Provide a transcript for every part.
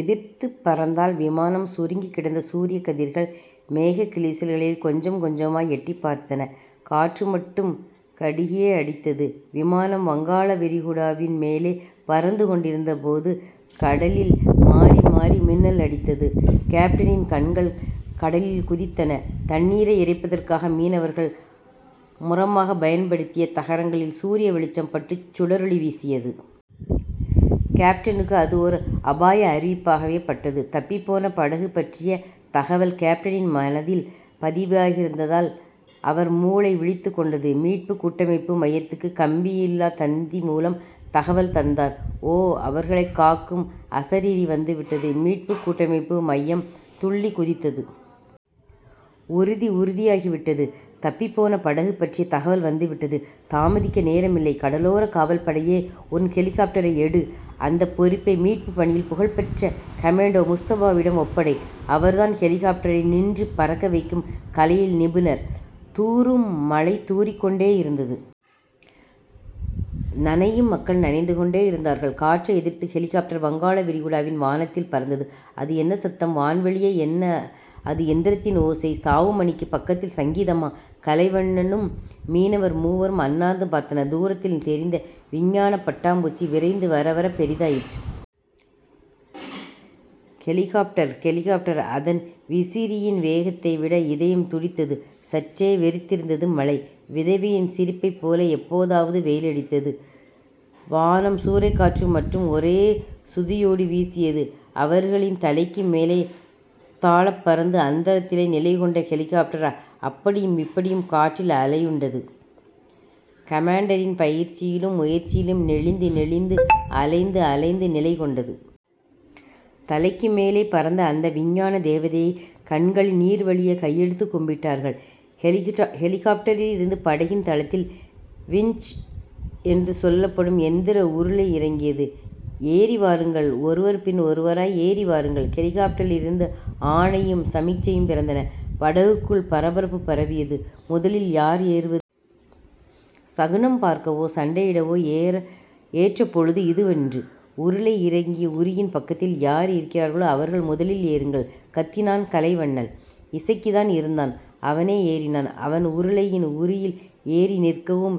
எதிர்த்துப் பறந்தால் விமானம் சுருங்கிக் கிடந்த சூரியக் கதிர்கள் மேகக் கிழிசல்களில் கொஞ்சம் கொஞ்சமாய் எட்டிப் பார்த்தன. காற்று மட்டும் கடுயே அடித்தது. விமானம் வங்காள விரிகுடாவின் மேலே பறந்து கொண்டிருந்தபோது, கடலில் மாறிமாறி மின்னலடித்தது. கேப்டனின் கண்கள் கடலில் குதித்தன. தண்ணீரை இறைப்பதற்காக மீனவர்கள் முறமாகப் பயன்படுத்திய தகரங்களில் சூரிய வெளிச்சம்பட்டுச் சுடரொளி வீசியது. கேப்டனுக்கு அது ஓர் அபாய அறிவிப்பாகவே பட்டது. தப்பிப்போன படகு பற்றிய தகவல் கேப்டனின் மனதில் பதிவாகியிருந்ததால் அவர் மூளை விழித்துக்கொண்டது. மீட்புக் கூட்டமைப்பு மையத்துக்குக் கம்பி இல்லாத் தந்தி மூலம் தகவல் தந்தார். ஓ. அவர்களைக் காக்கும் அசரீரி வந்துவிட்டது. மீட்புக் கூட்டமைப்பு மையம் துள்ளிக் குதித்தது. உறுதி உறுதியாகிவிட்டது. தப்பிப்போன படகு பற்றிய தகவல் வந்துவிட்டது. தாமதிக்க நேரமில்லை. கடலோரக் காவல் படையே. உன் ஹெலிகாப்ட்டரை எடு. அந்தப் பொறுப்பை, மீட்புப் பணியில் புகழ்பெற்ற கமேண்டோ முஸ்தஃபாவிடம் ஒப்படை. அவர்தான் ஹெலிகாப்ட்டரை நின்று பறக்க வைக்கும் கலையில் நிபுணர். தூறும் மழை தூறிக் கொண்டேயிருந்தது. நனையும் மக்கள் நனைந்து கொண்டேயிருந்தார்கள். காற்றை எதிர்த்து ஹெலிகாப்ட்டர் வங்காளவிரிகுடாவின் வானத்தில் பறந்தது. அது என்ன சத்தம்? வான்வழியே என்ன அது எந்திரத்தின் ஓசை? சாவுமணிக்குப் பக்கத்தில் சங்கீதமா? கலைவண்ணனும் மீனவர் மூவரும் அண்ணாந்து பார்த்தனர். தூரத்தில் தெரிந்த விஞ்ஞானப் பட்டாம்பூச்சி, விரைந்து வரவரப் பெரிதாயிற்று. ஹெலிகாப்ட்டர். ஹெலிகாப்ட்டர். அதன் விசிறியின் வேகத்தைவிட இதயம் துடித்தது. சற்றே வெறித்திருந்தது மழை. விதவையின் சிரிப்பைப் போல எப்போதாவது வெயிலடித்தது வானம். சூறைக்காற்று மட்டும் ஒரே சுதியோடு வீசியது. அவர்களின் தலைக்கு மேலே தாழப்பறந்து அந்தரத்திலே நிலைகொண்ட ஹெலிகாப்ட்டர், அப்படியும் இப்படியும் காற்றில் அலையுண்டது. கமேண்டரின் பயிற்சியிலும் முயற்சியிலும் நெளிந்துநெளிந்து, அலைந்து அலைந்து நிலைகொண்டது. தலைக்குமேலே பறந்த அந்த விஞ்ஞான தேவதையைக் கண்களில் நீர்வழியக் கையெடுத்துக் கும்பிட்டார்கள். ஹெலிகாப்ட்டரிலிருந்து படகின் தளத்தில் வின்ச் என்று சொல்லப்படும் எந்திர உருளை இறங்கியது. ஏறிவாருங்கள் ஒருவர் பின் ஒருவராய் ஏறிவாருங்கள் ஹெலிகாப்ட்டரிலிருந்து ஆணையும் சமிக்ஞையும் பிறந்தன. படகுக்குள் பரபரப்பு பரவியது. முதலில் யார் ஏறுவது? சகுனம் பார்க்கவோ சண்டையிடவோ ஏற்றபொழுது இதுவன்று. உருளை இறக்கிய உறியின் பக்கத்தில் யார் இருக்கிறார்களோ அவர்கள் முதலில் ஏறுங்கள் கத்தினான் கலைவண்ணன். இசக்கிதான் இருந்தான். அவனே ஏறினான். அவன் உருளையின் உறியில் ஏறி நிற்கவும்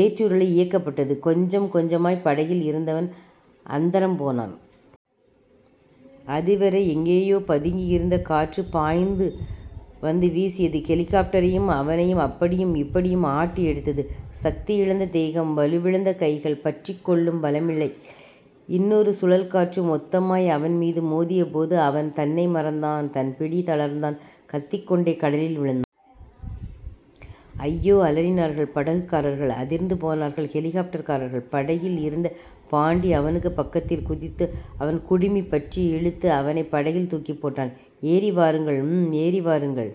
ஏற்றுருளை இயக்கப்பட்டது. கொஞ்சம் கொஞ்சமாய்ப் படகில் இருந்தவன் அந்தரம் போனான். அதுவரை எங்கேயோ பதுங்கியிருந்த காற்று பாய்ந்து வந்து வீசியது. ஹெலிகாப்ட்டரையும் அவனையும் அப்படியும் இப்படியும் ஆட்டி எடுத்தது. சக்தியிழந்த தேகம். வலுவிழுந்த கைகள். பற்றிக் கொள்ளும் பலமில்லை. இன்னொரு சுழல்காற்று மொத்தமாய் அவன்மீது மோதியபோது, அவன் தன்னை மறந்தான். தன் பிடி தளர்ந்தான். கத்திக்கொண்டே கடலில் விழுந்தான். அய்யோ அலறினார்கள் படகுக்காரர்கள். அதிர்ந்து போனார்கள் ஹெலிகாப்ட்டர்காரர்கள். படகில் இருந்த பாண்டி அவனுக்குப் பக்கத்தில் குதித்து, அவன் குடுமி பற்றி இழுத்து அவனைப் படகில் தூக்கிப் போட்டான். ஏறிவாருங்கள். ம் ஏறிவாருங்கள்.